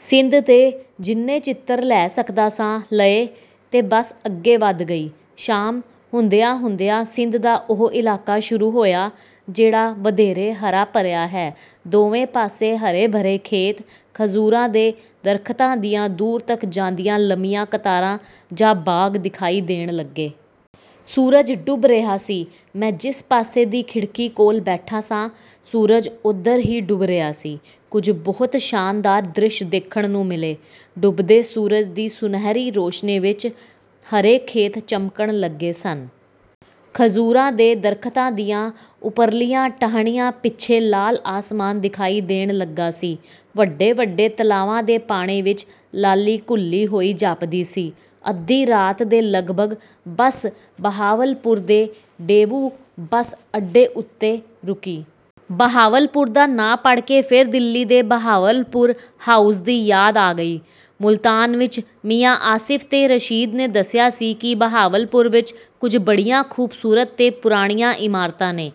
ਸਿੰਧ ਦੇ ਜਿੰਨੇ ਚਿੱਤਰ ਲੈ ਸਕਦਾ ਸਾਂ, ਲਏ ਤੇ ਬੱਸ ਅੱਗੇ ਵਧ ਗਈ। ਸ਼ਾਮ ਹੁੰਦਿਆਂ-ਹੁੰਦਿਆਂ ਸਿੰਧ ਦਾ ਉਹ ਇਲਾਕਾ ਸ਼ੁਰੂ ਹੋਇਆ, ਜਿਹੜਾ ਵਧੇਰੇ ਹਰਾ-ਭਰਿਆ ਹੈ। ਦੋਵੇਂ ਪਾਸੇ ਹਰੇ-ਭਰੇ ਖੇਤ, ਖਜੂਰਾਂ ਦੇ ਦਰਖ਼ਤਾਂ ਦੀਆਂ ਦੂਰ ਤੱਕ ਜਾਂਦੀਆਂ ਲੰਮੀਆਂ ਕਤਾਰਾਂ ਜਾਂ ਬਾਗ਼ ਦਿਖਾਈ ਦੇਣ ਲੱਗੇ। ਸੂਰਜ ਡੁੱਬ ਰਿਹਾ ਸੀ। ਮੈਂ ਜਿਸ ਪਾਸੇ ਦੀ ਖਿੜਕੀ ਕੋਲ ਬੈਠਾ ਸਾਂ, ਸੂਰਜ ਉਧਰ ਹੀ ਡੁੱਬ ਰਿਹਾ ਸੀ। ਕੁਝ ਬਹੁਤ ਸ਼ਾਨਦਾਰ ਦ੍ਰਿਸ਼ ਦੇਖਣ ਨੂੰ ਮਿਲੇ। ਡੁੱਬਦੇ ਸੂਰਜ ਦੀ ਸੁਨਹਿਰੀ ਰੋਸ਼ਨੀ ਵਿਚ ਹਰੇ ਖੇਤ ਚਮਕਣ ਲੱਗੇ ਸਨ। ਖਜੂਰਾਂ ਦੇ ਦਰਖ਼ਤਾਂ ਦੀਆਂ ਉਪਰਲੀਆਂ ਟਾਹਣੀਆਂ ਪਿੱਛੇ ਲਾਲ ਆਸਮਾਨ ਦਿਖਾਈ ਦੇਣ ਲੱਗਾ ਸੀ। ਵੱਡੇ-ਵੱਡੇ ਤਲਾਵਾਂ ਦੇ ਪਾਣੀ ਵਿਚ ਲਾਲੀ ਘੁਲੀ ਹੋਈ ਜਾਪਦੀ ਸੀ। ਅੱਧੀ ਰਾਤ ਦੇ ਲਗਭਗ ਬੱਸ ਬਹਾਵਲਪੁਰ ਦੇ ਡੇਵੂ ਬੱਸ ਅੱਡੇ ਉੱਤੇ ਰੁਕੀ। ਬਹਾਵਲਪੁਰ ਦਾ ਨਾਂ ਪੜ੍ਹ ਕੇ ਫੇਰ ਦਿੱਲੀ ਦੇ ਬਹਾਵਲਪੁਰ ਹਾਊਸ ਦੀ ਯਾਦ ਆ ਗਈ। ਮੁਲਤਾਨ ਵਿਚ ਮੀਆਂ ਆਸਿਫ ਤੇ ਰਸ਼ੀਦ ਨੇ ਦੱਸਿਆ ਸੀ ਕਿ ਬਹਾਵਲਪੁਰ ਵਿਚ ਕੁਝ ਬੜੀਆਂ ਖ਼ੂਬਸੂਰਤ ਤੇ ਪੁਰਾਣੀਆਂ ਇਮਾਰਤਾਂ ਨੇ।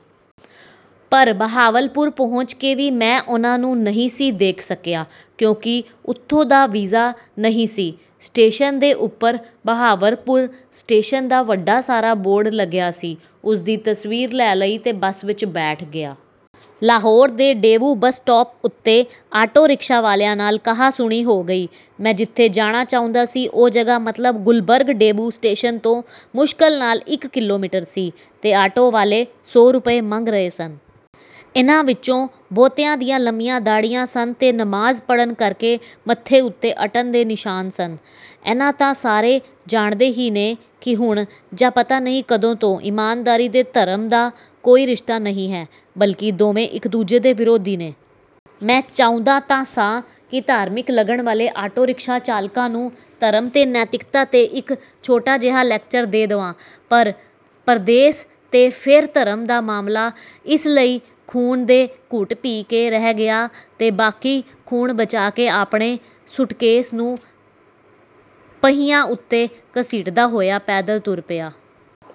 ਪਰ ਬਹਾਵਲਪੁਰ ਪਹੁੰਚ ਕੇ ਵੀ ਮੈਂ ਉਹਨਾਂ ਨੂੰ ਨਹੀਂ ਸੀ ਦੇਖ ਸਕਿਆ, ਕਿਉਂਕਿ ਉੱਥੋਂ ਦਾ ਵੀਜ਼ਾ ਨਹੀਂ ਸੀ। ਸਟੇਸ਼ਨ ਦੇ ਉੱਪਰ ਬਹਾਵਲਪੁਰ ਸਟੇਸ਼ਨ ਦਾ ਵੱਡਾ ਸਾਰਾ ਬੋਰਡ ਲੱਗਿਆ ਸੀ। ਉਸਦੀ ਤਸਵੀਰ ਲੈ ਲਈ ਤੇ ਬੱਸ ਵਿਚ ਬੈਠ ਗਿਆ। ਲਾਹੌਰ ਦੇ ਡੇਵੂ ਬੱਸ ਸਟਾਪ ਉੱਤੇ ਆਟੋ ਰਿਕਸ਼ਾ ਵਾਲਿਆਂ ਨਾਲ ਕਹਾ-ਸੁਣੀ ਹੋ ਗਈ। ਮੈਂ ਜਿੱਥੇ ਜਾਣਾ ਚਾਹੁੰਦਾ ਸੀ, ਉਹ ਜਗ੍ਹਾ, ਮਤਲਬ ਗੁਲਬਰਗ, ਡੇਵੂ ਸਟੇਸ਼ਨ ਤੋਂ ਮੁਸ਼ਕਲ ਨਾਲ ਇਕ ਕਿਲੋਮੀਟਰ ਸੀ ਤੇ ਆਟੋ ਵਾਲੇ ਸੌ ਰੁਪਏ ਮੰਗ ਰਹੇ ਸਨ। ਇਹਨਾਂ ਵਿਚੋਂ ਬਹੁਤਿਆਂ ਦੀਆਂ ਲੰਮੀਆਂ ਦਾੜ੍ਹੀਆਂ ਸਨ ਤੇ ਨਮਾਜ਼ ਪੜ੍ਹਨ ਕਰਕੇ ਮੱਥੇ ਉੱਤੇ ਅੱਟਣ ਦੇ ਨਿਸ਼ਾਨ ਸਨ। ਏਨਾ ਤਾਂ ਸਾਰੇ ਜਾਣਦੇ ਹੀ ਨੇ ਕਿ ਹੁਣ, ਜਾਂ ਪਤਾ ਨਹੀਂ ਕਦੋਂ ਤੋਂ, ਇਮਾਨਦਾਰੀ ਤੇ ਧਰਮ ਦਾ ਕੋਈ ਰਿਸ਼ਤਾ ਨਹੀਂ ਹੈ, ਬਲਕਿ ਦੋਵੇਂ ਇਕ-ਦੂਜੇ ਦੇ ਵਿਰੋਧੀ ਨੇ। ਮੈਂ ਚਾਹੁੰਦਾ ਤਾਂ ਸਾਂ ਕਿ ਧਾਰਮਿਕ ਲੱਗਣ ਵਾਲੇ ਆਟੋ ਰਿਕਸ਼ਾ ਚਾਲਕਾਂ ਨੂੰ ਧਰਮ ਤੇ ਨੈਤਿਕਤਾ 'ਤੇ ਇਕ ਛੋਟਾ ਜਿਹਾ ਲੈਕਚਰ ਦੇ ਦੇਵਾਂ, ਪਰ ਪਰਦੇਸ ਤੇ ਫੇਰ ਧਰਮ ਦਾ ਮਾਮਲਾ, ਇਸ ਲਈ ਖ਼ੂਨ ਦੇ ਘੁੱਟ ਪੀ ਕੇ ਰਹਿ ਗਿਆ ਤੇ ਬਾਕੀ ਖ਼ੂਨ ਬਚਾ ਕੇ ਆਪਣੇ ਸੂਟਕੇਸ ਨੂੰ ਪਹੀਆਂ ਉੱਤੇ ਘਸੀਟਦਾ ਹੋਇਆ ਪੈਦਲ ਤੁਰ ਪਿਆ।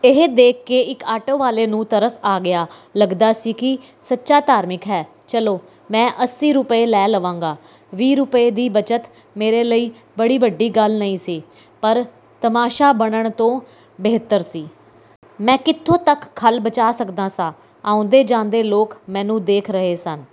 ਇਹ ਦੇਖ ਕੇ ਇਕ ਆਟੋ ਵਾਲੇ ਨੂੰ ਤਰਸ ਆ ਗਿਆ। ਲੱਗਦਾ ਸੀ ਕਿ ਸੱਚਾ ਧਾਰਮਿਕ ਹੈ। "ਚਲੋ, ਮੈਂ ਅੱਸੀ ਰੁਪਏ ਲੈ ਲਵਾਂਗਾ।" ਵੀਹ ਰੁਪਏ ਦੀ ਬਚਤ ਮੇਰੇ ਲਈ ਬੜੀ ਵੱਡੀ ਗੱਲ ਨਹੀਂ ਸੀ, ਪਰ ਤਮਾਸ਼ਾ ਬਣਨ ਤੋਂ ਬਿਹਤਰ ਸੀ। ਮੈਂ ਕਿੱਥੋਂ ਤੱਕ ਖੱਲ ਬਚਾ ਸਕਦਾ ਸਾਂ? ਆਉਂਦੇ-ਜਾਂਦੇ ਲੋਕ ਮੈਨੂੰ ਦੇਖ ਰਹੇ ਸਨ।